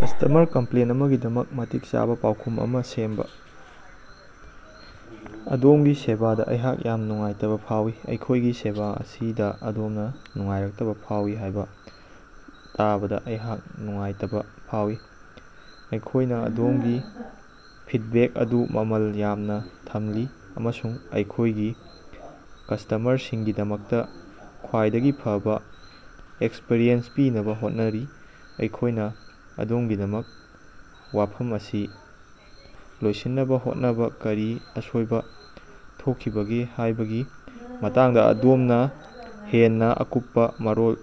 Customer complaint ꯑꯃꯒꯤꯗꯃꯛ ꯃꯇꯤꯛ ꯆꯥꯕ ꯄꯥꯎꯈꯨꯝ ꯑꯃ ꯁꯦꯝꯕ꯫ ꯑꯗꯣꯝꯒꯤ ꯁꯦꯕꯥꯗ ꯑꯩꯍꯥꯛ ꯌꯥꯝꯅ ꯅꯨꯡꯉꯥꯏꯇꯕ ꯐꯥꯎꯏ꯫ ꯑꯩꯈꯣꯏꯒꯤ ꯁꯦꯕꯥ ꯑꯁꯤꯗ ꯑꯗꯣꯝ ꯅꯨꯡꯉꯥꯏꯇꯕ ꯐꯥꯎꯏ ꯍꯥꯏꯕ ꯇꯥꯕꯗ ꯑꯩꯍꯥꯛ ꯅꯨꯡꯉꯥꯏꯇꯕ ꯐꯥꯎꯏ꯫ ꯑꯩꯈꯣꯏꯅ ꯑꯗꯣꯝꯒꯤ ꯐꯤꯠꯕꯦꯛ ꯑꯗꯨ ꯃꯃꯜ ꯌꯥꯝꯅ ꯊꯝꯂꯤ ꯑꯃꯁꯨꯡ ꯑꯩꯈꯣꯏꯒꯤ ꯀꯁꯇꯃꯔꯁꯤꯡꯒꯤꯗꯃꯛꯇꯥ ꯈ꯭ꯋꯥꯏꯗꯒꯤ ꯐꯕꯥ ꯑꯦꯛꯁꯄꯤꯔꯤꯌꯦꯟꯁ ꯄꯤꯅꯕꯥ ꯍꯣꯠꯅꯔꯤ꯫ ꯑꯩꯈꯣꯏꯅ ꯑꯗꯣꯝꯒꯤꯗꯃꯛꯇ ꯋꯥꯐꯝ ꯑꯁꯤ ꯂꯣꯏꯁꯤꯟꯅꯕ ꯍꯣꯠꯅꯅꯕꯥ ꯀꯔꯤ ꯑꯁꯣꯏꯕ ꯊꯣꯛꯈꯤꯕꯒꯦ ꯍꯥꯏꯕꯒꯤ ꯃꯇꯥꯡꯗ ꯑꯗꯣꯝꯅ ꯍꯦꯟꯅꯥ ꯑꯀꯨꯞꯄꯥ ꯃꯔꯣꯜ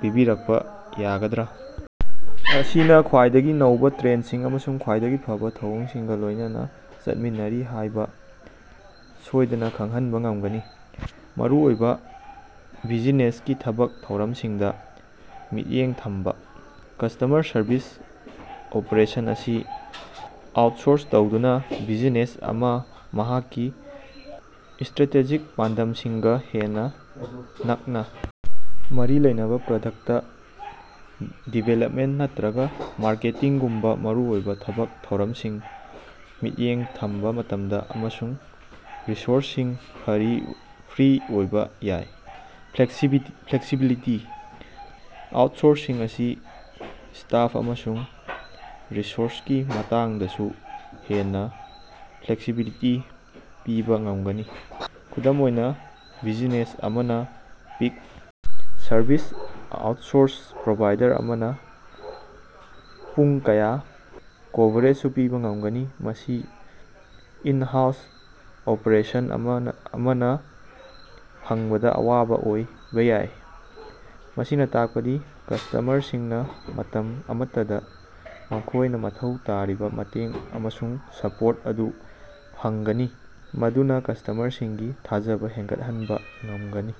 ꯄꯤꯕꯤꯔꯛꯄꯥ ꯌꯥꯒꯗ꯭ꯔꯥ? ꯑꯁꯤꯅ ꯈ꯭ꯋꯥꯏꯗꯒꯤ ꯅꯧꯕ ꯇ꯭ꯔꯦꯟꯁꯤꯡ ꯑꯃꯁꯨꯡ ꯈ꯭ꯋꯥꯏꯗꯒꯤ ꯐꯕꯥ ꯊꯧꯑꯣꯡꯁꯤꯡꯒ ꯂꯣꯏꯅꯅꯥ ꯆꯠꯃꯤꯟꯅꯔꯤ ꯍꯥꯏꯕ ꯁꯣꯏꯗꯅꯥ ꯈꯪꯍꯟꯕ ꯉꯝꯒꯅꯤ꯫ ꯃꯔꯨꯑꯣꯏꯕ ꯕꯤꯖꯤꯅꯦꯁꯀꯤ ꯊꯕꯛ ꯊꯧꯔꯝꯁꯤꯡꯗ ꯃꯤꯠꯌꯦꯡ ꯊꯝꯕꯥ: ꯀꯁꯇꯃꯔ ꯁꯔꯕꯤꯁ ꯑꯣꯄ꯭ꯔꯦꯁꯟ ꯑꯁꯤ ꯑꯥꯎꯠꯁꯣꯔꯁ ꯇꯧꯗꯨꯅ, ꯕꯤꯖꯤꯅꯦꯁ ꯑꯃꯅ ꯃꯍꯥꯛꯀꯤ ꯏꯁꯇ꯭ꯔꯦꯇꯦꯖꯤꯛ ꯄꯥꯟꯗꯝꯁꯤꯡꯒꯥ ꯍꯦꯟꯅꯥ ꯅꯛꯅꯥ ꯃꯔꯤ ꯂꯩꯅꯕ ꯄ꯭ꯔꯗꯛꯇ ꯗꯤꯕꯦꯂꯞꯃꯦꯟ ꯅꯠꯇ꯭ꯔꯒꯥ ꯃꯥꯔꯀꯦꯇꯤꯡꯒꯨꯝꯕ ꯃꯔꯨꯑꯣꯏꯕ ꯊꯕꯛ ꯊꯧꯔꯝꯁꯤꯡꯗ ꯃꯤꯠꯌꯦꯡ ꯊꯝꯅꯕ ꯃꯇꯝ ꯑꯃꯁꯨꯡ ꯔꯤꯁꯣꯔꯁꯁꯤꯡ ꯐ꯭ꯔꯤ ꯑꯣꯏꯕ ꯌꯥꯏ꯫ ꯐ꯭ꯂꯦꯛꯁꯤꯕꯤꯂꯤꯇꯤ: ꯑꯥꯎꯠꯁꯣꯔꯁꯤꯡ ꯑꯁꯤꯅ ꯁ꯭ꯇꯥꯐ ꯑꯃꯁꯨꯡ ꯔꯤꯁꯣꯔꯁꯀꯤ ꯃꯇꯥꯡꯗꯁꯨ ꯍꯦꯟꯅ ꯐ꯭ꯂꯦꯛꯁꯤꯕꯤꯂꯤꯇꯤ ꯄꯤꯕ ꯉꯝꯒꯅꯤ꯫ ꯈꯨꯗꯝ ꯑꯣꯏꯅ, ꯕꯤꯖꯤꯅꯦꯁ ꯑꯃꯅ ꯄꯤꯛ ꯁꯔꯚꯤꯁ: ꯑꯥꯎꯠꯁꯣꯔ ꯄ꯭ꯔꯣꯚꯥꯏꯗꯔ ꯑꯃꯅ ꯄꯨꯡ ꯀꯌꯥ ꯀꯣꯚꯔꯦꯖꯁꯨ ꯄꯤꯕ ꯉꯝꯒꯅꯤ, ꯃꯁꯤ ꯏꯟ-ꯍꯥꯎꯁ ꯑꯣꯄ꯭ꯔꯦꯁꯟ ꯑꯃꯅ ꯐꯪꯕꯗ ꯑꯋꯥꯕ ꯑꯣꯏꯕ ꯌꯥꯏ꯫ ꯃꯁꯤꯅ ꯇꯥꯛꯄꯗꯤ ꯀꯁꯇꯃꯔꯁꯤꯡꯅꯥ ꯃꯇꯝ ꯑꯃꯠꯇꯗꯥ ꯃꯈꯣꯏꯅ ꯃꯊꯧ ꯇꯥꯔꯤꯕ ꯃꯇꯦꯡ ꯑꯃꯁꯨꯡ ꯁꯄꯣꯔꯠ ꯑꯗꯨ ꯐꯪꯒꯅꯤ, ꯃꯗꯨꯅ ꯀꯁꯇꯃꯔꯁꯤꯡꯒꯤ ꯊꯥꯖꯕ ꯍꯦꯟꯒꯠꯍꯟꯕꯥ ꯉꯝꯒꯅꯤ꯫